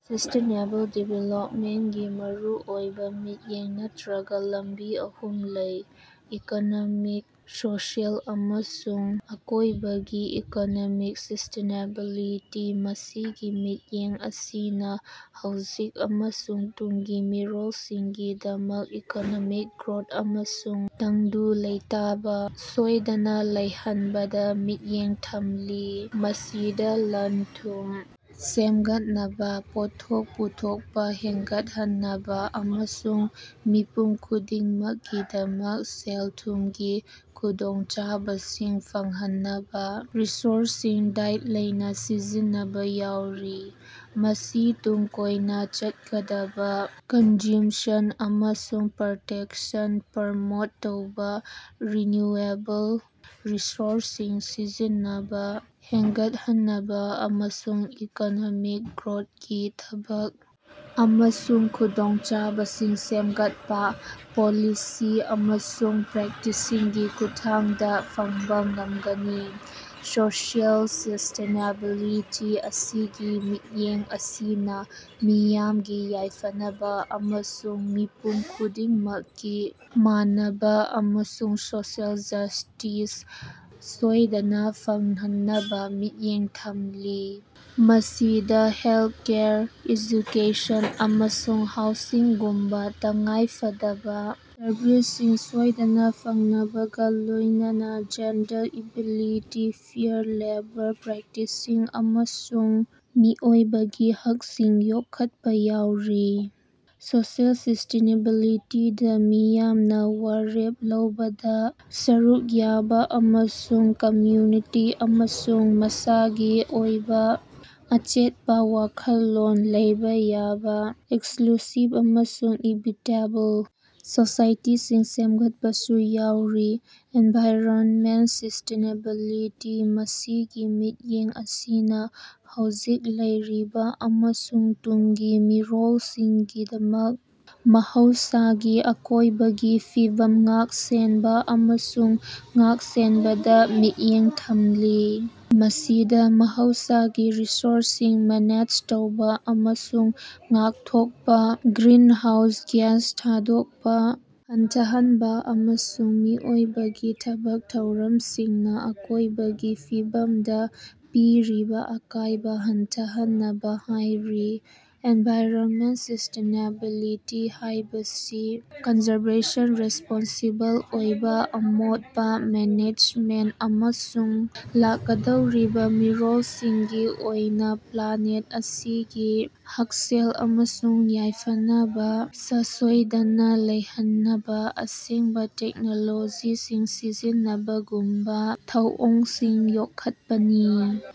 Sustainable ꯗꯤꯕꯂꯞꯃꯦꯟꯒꯤ ꯃꯔꯨꯑꯣꯏꯕ ꯃꯤꯠꯌꯦꯡ ꯅꯠꯇꯔꯥꯒ ꯂꯝꯕꯤ ꯑꯍꯨꯝ ꯂꯩ꯫ ꯏꯀꯣꯅꯣꯃꯤꯛ ꯁꯣꯁꯤꯑꯦꯜ ꯑꯃꯁꯨꯡ ꯑꯀꯣꯏꯕꯒꯤ ꯏꯀꯣꯅꯣꯃꯤꯛ ꯁꯤꯁꯇꯦꯅꯦꯕꯤꯂꯤꯇꯤ ꯃꯁꯤꯒꯤ ꯃꯤꯠꯌꯦꯡ ꯑꯁꯤꯅ ꯍꯧꯖꯤꯛ ꯑꯃꯁꯨꯡ ꯇꯨꯡꯒꯤ ꯃꯤꯔꯣꯜꯁꯤꯡꯒꯤꯗꯃꯛ ꯏꯀꯣꯅꯣꯃꯤꯛ ꯒꯔꯣꯠ ꯑꯃꯁꯨꯡ ꯇꯪꯗꯨ ꯂꯩꯇꯥꯕ ꯁꯣꯏꯗꯅ ꯂꯩꯍꯟꯕꯗ ꯃꯤꯠꯌꯦꯡ ꯊꯝꯂꯤ꯫ ꯃꯁꯤꯗ ꯂꯟ ꯊꯨꯝ ꯁꯦꯝꯒꯠꯅꯕ ꯄꯣꯠꯊꯣꯛ ꯄꯨꯊꯣꯛꯄ ꯍꯦꯟꯒꯠꯍꯟꯅꯕ ꯑꯃꯁꯨꯡ ꯃꯤꯄꯨꯝ ꯈꯨꯗꯤꯡꯃꯛꯀꯤꯗꯃꯛ ꯁꯦꯜ ꯊꯨꯝꯒꯤ ꯈꯨꯗꯣꯡꯆꯥꯕꯁꯤꯡ ꯐꯪꯍꯟꯅꯕ ꯔꯤꯁꯣꯔꯁꯁꯤꯡ ꯗꯥꯏꯠ ꯂꯩꯅ ꯁꯤꯖꯤꯟꯅꯕ ꯌꯥꯎꯔꯤ꯫ ꯃꯁꯤ ꯇꯨꯡ ꯀꯣꯏꯅ ꯆꯠꯀꯗꯕ ꯀꯟꯖꯨꯝꯁꯟ ꯑꯃꯁꯨꯡ ꯄꯔꯗꯛꯁꯟ ꯄꯔꯃꯣꯠ ꯇꯧꯕ ꯔꯤꯟꯅꯨꯑꯦꯕꯜ ꯔꯤꯁꯣꯔꯁꯁꯤꯡ ꯁꯤꯖꯤꯟꯅꯕ ꯍꯦꯟꯒꯠꯍꯟꯕ ꯑꯃꯁꯨꯡ ꯏꯀꯣꯅꯣꯃꯤꯛ ꯒ꯭ꯔꯣꯠꯀꯤ ꯊꯕꯛ ꯑꯃꯁꯨꯡ ꯈꯨꯗꯣꯡꯆꯥꯕꯁꯤꯡ ꯁꯦꯝꯒꯠꯄ ꯄꯣꯂꯤꯁꯤ ꯑꯃꯁꯨꯡ ꯄ꯭ꯔꯦꯛꯇꯤꯁꯁꯤꯡꯒꯤ ꯈꯨꯠꯊꯥꯡꯗ ꯐꯪꯕ ꯉꯝꯒꯅꯤ꯫ ꯁꯣꯁꯤꯑꯦꯜ ꯁꯤꯁꯇꯦꯅꯦꯕꯤꯂꯤꯇꯤ ꯃꯁꯤꯒꯤ ꯃꯤꯠꯌꯦꯡ ꯑꯁꯤꯅ ꯃꯤꯌꯥꯝꯒꯤ ꯌꯥꯏꯐꯅꯕ ꯑꯃꯁꯨꯡ ꯃꯤꯄꯨꯝ ꯈꯨꯗꯤꯡꯃꯛꯀꯤ ꯃꯥꯟꯅꯕ ꯑꯃꯁꯨꯡ ꯁꯣꯁꯤꯑꯦꯜ ꯖꯁꯇꯤꯁ ꯁꯣꯏꯗꯅ ꯐꯪꯍꯟꯕꯗ ꯃꯤꯠꯌꯦꯡ ꯊꯝꯂꯤ꯫ ꯃꯁꯤꯗ ꯍꯦꯜꯀꯦꯌꯔ ꯑꯦꯖꯨꯀꯦꯁꯟ ꯑꯃꯁꯨꯡ ꯍꯥꯎꯁꯤꯡꯒꯨꯝꯕ ꯇꯉꯥꯏꯐꯗꯕ ꯁꯔꯚꯤꯁꯁꯤꯡ ꯁꯣꯏꯗꯅ ꯐꯪꯅꯕꯒ ꯂꯣꯌꯅꯅ ꯖꯦꯟꯗꯔ ꯏꯛꯕꯦꯂꯤꯇꯤ ꯐꯦꯌꯔ ꯂꯦꯕꯔ ꯄꯔꯦꯛꯇꯤꯁꯁꯤꯡ ꯑꯃꯁꯨꯡ ꯃꯤꯑꯣꯏꯕꯒꯤ ꯍꯛꯁꯤꯡ ꯌꯣꯛꯈꯠꯄ ꯌꯥꯎꯔꯤ꯫ ꯁꯣꯁꯤꯑꯦꯜ ꯁꯤꯁꯇꯦꯅꯦꯕꯤꯂꯤꯇꯤꯗ ꯃꯤꯌꯥꯝꯅ ꯋꯥꯔꯦꯞ ꯂꯧꯕꯗ ꯁꯔꯨꯛ ꯌꯥꯕ ꯑꯃꯁꯨꯡ ꯀꯝꯃꯨꯅꯤꯇꯤ ꯑꯃꯁꯨꯡ ꯃꯁꯥꯒꯤ ꯑꯣꯏꯕ ꯑꯆꯦꯠꯄ ꯋꯥꯈꯜꯂꯣꯟ ꯂꯩꯕ ꯌꯥꯕ ꯑꯦꯁꯂꯨꯁꯤꯕ ꯑꯃꯁꯨꯡ ꯏꯛꯕꯤꯇꯦꯕꯜ ꯁꯣꯁꯥꯏꯇꯤꯁꯤꯡ ꯁꯦꯝꯒꯠꯄꯁꯨ ꯌꯥꯎꯔꯤ꯫ ꯑꯦꯟꯚꯥꯏꯔꯣꯃꯦꯟ ꯁꯤꯁꯇꯦꯅꯦꯕꯤꯂꯤꯇꯤ ꯃꯁꯤꯒꯤ ꯃꯤꯠꯌꯦꯡ ꯑꯁꯤꯅ ꯍꯧꯖꯤꯛ ꯂꯩꯔꯤꯕ ꯑꯃꯁꯨꯡ ꯇꯨꯡꯒꯤ ꯃꯤꯔꯣꯜꯁꯤꯡꯒꯤꯗꯃꯛ ꯃꯍꯧꯁꯥꯒꯤ ꯑꯀꯣꯏꯕꯒꯤ ꯐꯤꯕꯝ ꯉꯥꯛ ꯁꯦꯟꯕ ꯑꯃꯁꯨꯡ ꯉꯥꯛ ꯁꯦꯟꯕꯗ ꯃꯤꯠꯌꯦꯡ ꯊꯝꯂꯤ꯫ ꯃꯁꯤꯗ ꯃꯍꯧꯁꯥꯒꯤ ꯔꯤꯁꯣꯔꯁꯁꯤꯡ ꯃꯦꯅꯦꯖ ꯇꯧꯕ ꯑꯃꯁꯨꯡ ꯉꯥꯛꯊꯣꯛꯄ ꯒ꯭ꯔꯤꯟꯍꯥꯎꯁ ꯒꯤꯌꯥꯁ ꯊꯥꯗꯣꯛꯄ ꯍꯟꯊꯍꯟꯕ ꯑꯃꯁꯨꯡ ꯃꯤꯑꯣꯏꯕꯒꯤ ꯊꯕꯛ ꯊꯧꯔꯝꯁꯤꯡꯅ ꯑꯀꯣꯏꯕꯒꯤ ꯐꯤꯕꯝꯗ ꯄꯤꯔꯤꯕ ꯑꯀꯥꯏꯕ ꯍꯟꯊꯍꯟꯅꯕ ꯍꯥꯏꯔꯤ꯫ ꯑꯦꯟꯚꯥꯏꯔꯣꯃꯦꯟ ꯁꯤꯁꯇꯦꯅꯦꯕꯤꯂꯤꯇꯤ ꯍꯥꯏꯕꯁꯤ ꯀꯟꯖꯔꯕꯦꯁꯟ ꯔꯦꯁꯄꯣꯟꯁꯤꯕꯜ ꯑꯣꯏꯕ ꯑꯃꯣꯠꯄ ꯃꯦꯅꯦꯖꯃꯦꯟ ꯑꯃꯁꯨꯡ ꯂꯥꯛꯀꯗꯧꯔꯤꯕ ꯃꯤꯔꯣꯜꯁꯤꯡꯒꯤ ꯑꯣꯏꯅ ꯄꯂꯥꯅꯦꯠ ꯑꯁꯤꯒꯤ ꯍꯛꯁꯦꯜ ꯑꯃꯁꯨꯡ ꯌꯥꯏꯐꯅꯕ ꯁꯁꯣꯏꯗꯅ ꯂꯩꯍꯟꯅꯕ ꯑꯁꯦꯡꯕ ꯇꯦꯛꯅꯣꯂꯣꯖꯤꯁꯤꯡ ꯁꯤꯖꯤꯟꯅꯕꯒꯨꯝꯕ ꯊꯧꯑꯣꯡꯁꯤꯡ ꯌꯣꯛꯈꯠꯄꯅꯤ꯫